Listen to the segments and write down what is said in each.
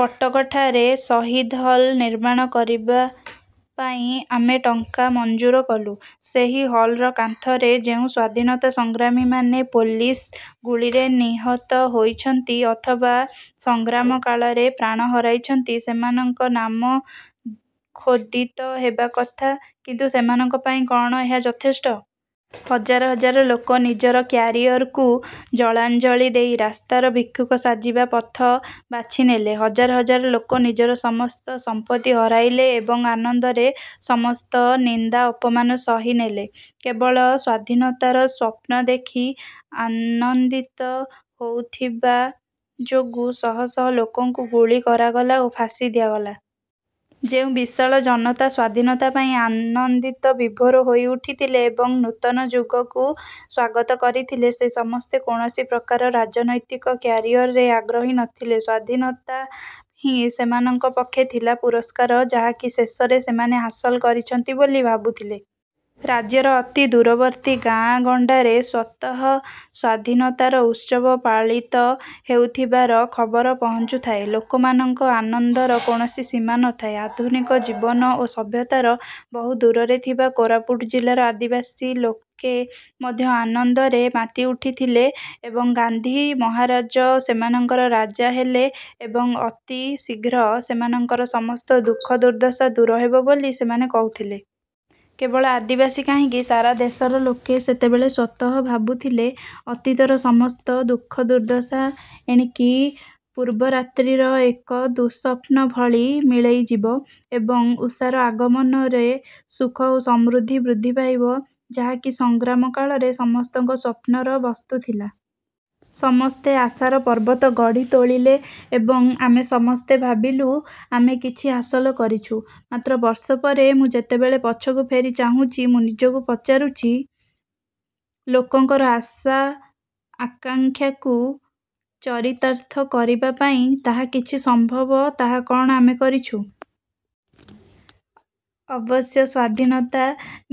କଟକଠାରେ ଶହୀଦ ହଲ୍ ନିର୍ମାଣ କରିବା ପାଇଁ ଆମେ ଟଙ୍କା ମଞ୍ଜୁର କଲୁ। ସେହି ହଲ୍ର କାନ୍ଥରେ ଯେଉଁ ସ୍ୱାଧୀନତା ସଂଗ୍ରାମୀମାନେ ପୋଲିସ ଗୁଳିରେ ନିହତ ହୋଇଛନ୍ତି; ଅଥବା ସଂଗ୍ରାମ କାଳରେ ପ୍ରାଣ ହରାଇଛନ୍ତି, ସେମାନଙ୍କର ନାମ ଖୋଦିତ ହେବା କଥା; କିନ୍ତୁ ସେମାନଙ୍କ ପାଇଁ କ'ଣ ଏହା ଯଥେଷ୍ଟ? ହଜାର ହଜାର ଲୋକ ନିଜର 'କ୍ୟାରିଅର'କୁ ଜଳାଞ୍ଜଳି ଦେଇ ରାସ୍ତାର ଭିକ୍ଷୁକ ସାଜିବା ପଥ ବାଛିନେଲେ। ହଜାର ହଜାର ଲୋକ ନିଜର ସମସ୍ତ ସମ୍ପତ୍ତି ହରାଇଲେ ଏବଂ ଆନନ୍ଦରେ ସମସ୍ତ ନିନ୍ଦା ଅପମାନ ସହି ନେଲେ। କେବଳ ସ୍ୱାଧୀନତାର ସ୍ୱପ୍ନ ଦେଖି ଆନନ୍ଦିତ ହୋଇଥିବା ଯୋଗୁଁ ଶହ ଶହ ଲୋକଙ୍କୁ ଗୁଳି କରାଗଲା ଓ ଫାଶୀ ଦିଆଗଲା। ଯେଉଁ ବିଶାଳ ଜନତା ସ୍ୱାଧୀନତା ପାଇଁ ଆନନ୍ଦରେ ବିଭୋର ହୋଇ ଉଠିଥିଲେ ଏବଂ ନୂତନ ଯୁଗକୁ ସ୍ୱାଗତ କରିଥିଲେ, ସେ ସମସ୍ତେ କୌଣସି ପ୍ରକାର ରାଜନୈତିକ କ୍ୟାରିଅରରେ ଆଗ୍ରହୀ ନଥିଲେ। ସ୍ୱାଧୀନତା ହିଁ ସେମାନଙ୍କ ପକ୍ଷେ ଥିଲା ପୁରସ୍କାର ଯାହାକି ଶେଷରେ ସେମାନେ ହାସଲ କରିଛନ୍ତି ବୋଲି ଭାବୁଥିଲେ। ରାଜ୍ୟର ଅତି ଦୂରବର୍ତ୍ତୀ ଗାଁ ଗଣ୍ଡାରେ ସ୍ୱତଃ ସ୍ୱାଧୀନତାର ଉତ୍ସବ ପାଳିତ ହେଉଥିବାର ଖବର ପହଞ୍ଚୁଥାଏ। ଲୋକମାନଙ୍କ ଆନନ୍ଦର କୌଣସି ସୀମା ନଥିଲା। ଆଧୁନିକ ଜୀବନ ଓ ସଭ୍ୟତାର ବହୁ ଦୂରରେ ଥିବା କୋରାପୁଟ ଜିଲ୍ଲାର ଆଦିବାସୀ ଲୋକେ ମଧ୍ୟ ଆନନ୍ଦରେ ମାତି ଉଠିଥିଲେ ଏବଂ ଗାନ୍ଧି ମହାରାଜ ସେମାନଙ୍କର ରାଜା ହେଲେ ଏବଂ ଅତି ଶୀଘ୍ର ସେମାନଙ୍କର ସମସ୍ତ ଦୁଃଖ ଦୁର୍ଦ୍ଦଶା ଦୂର ହେବ ବୋଲି ସେମାନେ କହୁଥିଲେ। କେବଳ ଆଦିବାସୀ କାହିଁକି ସାରା ଦେଶର ଲୋକେ ସେତେବେଳେ ସ୍ୱତଃ ଭାବୁଥିଲେ, ଅତୀତର ମସସ୍ତ ଦୁଃଖ ଦୁର୍ଦ୍ଦଶା ଏଣିକି ପୂର୍ବରାତ୍ରିର ଏକ ଦୁଃସ୍ୱପ୍ନ ଭଳି ମିଳେଇଯିବ ଏବଂ ଉଷାର ଆଗମନରେ ସୁଖ ଓ ସମୃଦ୍ଧି ବୃଦ୍ଧି ପାଇବ ଯାହା କି ସଂଗ୍ରାମ କାଳରେ ସମସ୍ତଙ୍କର ସ୍ୱପ୍ନର ବସ୍ତୁ ଥିଲା। ସମସ୍ତେ ଆଶାର ପର୍ବତ ଗଢ଼ି ତୋଳିଲେ ଏବଂ ଆମେ ସମସ୍ତେ ଭାବିଲୁ ଆମେ କିଛି ହାସଲ କରିଛୁ। ମାତ୍ର ବର୍ଷ ପରେ ମୁଁ ଯେତେବେଳେ ପଛକୁ ଫେରି ଚାହୁଁଛି, ମୁଁ ନିଜକୁ ପଚାରୁଛି, ଲୋକଙ୍କର ଆଶା ଆକାଙ୍କ୍ଷାକୁ ଚରିତାର୍ଥ କରିବା ପାଇଁ ଯାହା କିଛି ସମ୍ଭବ ତାହା କ'ଣ ଆମେ କରିଛୁ? ଅବଶ୍ୟ ସ୍ୱାଧୀନତା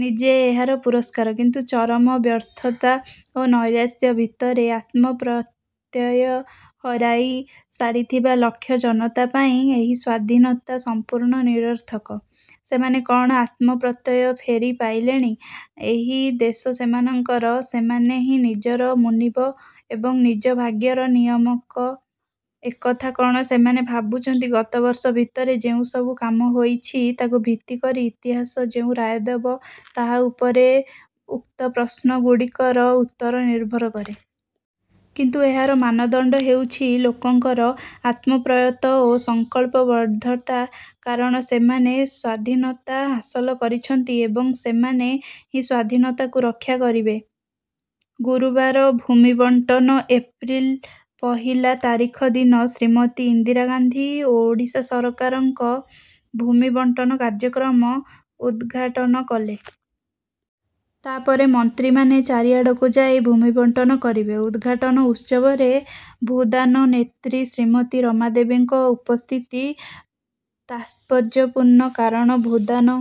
ନିଜେ ଏହାର ପୁରସ୍କାର; କିନ୍ତୁ ଚରମ ବ୍ୟର୍ଥତା ଓ ନୈରାଶ୍ୟ ଭିତରେ ଆତ୍ମପ୍ରତ୍ୟୟ ହରାଇ ସାରିଥିବା ଲକ୍ଷ ଜନତା ପାଇଁ ଏହି ସ୍ୱାଧୀନତା ସମ୍ପୂର୍ଣ୍ଣ ନିରର୍ଥକ। ସେମାନେ କଣ ଆତ୍ମପ୍ରତ୍ୟୟ ଫେରି ପାଇଲେଣି। ଏହି ଦେଶ ସେମାନଙ୍କର- ସେମାନେ ହିଁ ନିଜର ମୁନିବ ଏବଂ ନିଜ ଭାଗ୍ୟର ନିୟାମକ ଏକଥା କଣ ସେମାନେ ଭାବୁଛନ୍ତି ଗତ ବର୍ଷ ଭିତରେ ଯେଉଁ ସବୁ କାମ ହୋଇଛି ତାକୁ ଭିତ୍ତି କରି ଇତିହାସ ଯେଉଁ ରାୟ ଦେବ ତାହା ଉପରେ ଉକ୍ତ ପ୍ରଶ୍ନ ଗୁଡ଼ିକର ଉତ୍ତର ନିର୍ଭର କରେ। କିନ୍ତୁ ଏହାର ମାନଦଣ୍ଡ ହେଉଛି ଲୋକଙ୍କର ଆତ୍ମପ୍ରତ୍ୟୟ ଓ ସଂକଳ୍ପବଦ୍ଧତା, କାରଣ ସେମାନେ ସ୍ୱାଧୀନତା ହାସଲ କରିଛନ୍ତି ଏବଂ ସେମାନେ ହିଁ ସ୍ୱାଧୀନତାକୁ ରକ୍ଷାକରିବେ। ଗୁରୁବାର ଭୂମି ବଣ୍ଟନ ଅପ୍ରେଲ ପହିଲା ତାରିଖ ଦିନ ଶ୍ରୀମତୀ ଇନ୍ଦିରା ଗାନ୍ଧୀ ଓଡ଼ିଶା ସରକାରଙ୍କ ଭୂମି ବଣ୍ଟନ କାର୍ଯ୍ୟକ୍ରମ ଉଦ୍ଘାଟନ କଲେ। ତା'ପରେ ମନ୍ତ୍ରୀମାନେ ଚାରିଆଡ଼କୁ ଯାଇ ଭୂମି ବଣ୍ଟନ କରିବେ। ଉଦ୍ଘାଟନ ଉତ୍ସବରେ ଭୂଦାନ ନେତ୍ରୀ ଶ୍ରୀମତୀ ରମା ଦେବୀଙ୍କ ଉପସ୍ଥିତି ତାତ୍ପର୍ଯ୍ୟପୂର୍ଣ୍ଣ। କାରଣ ଭୂଦାନ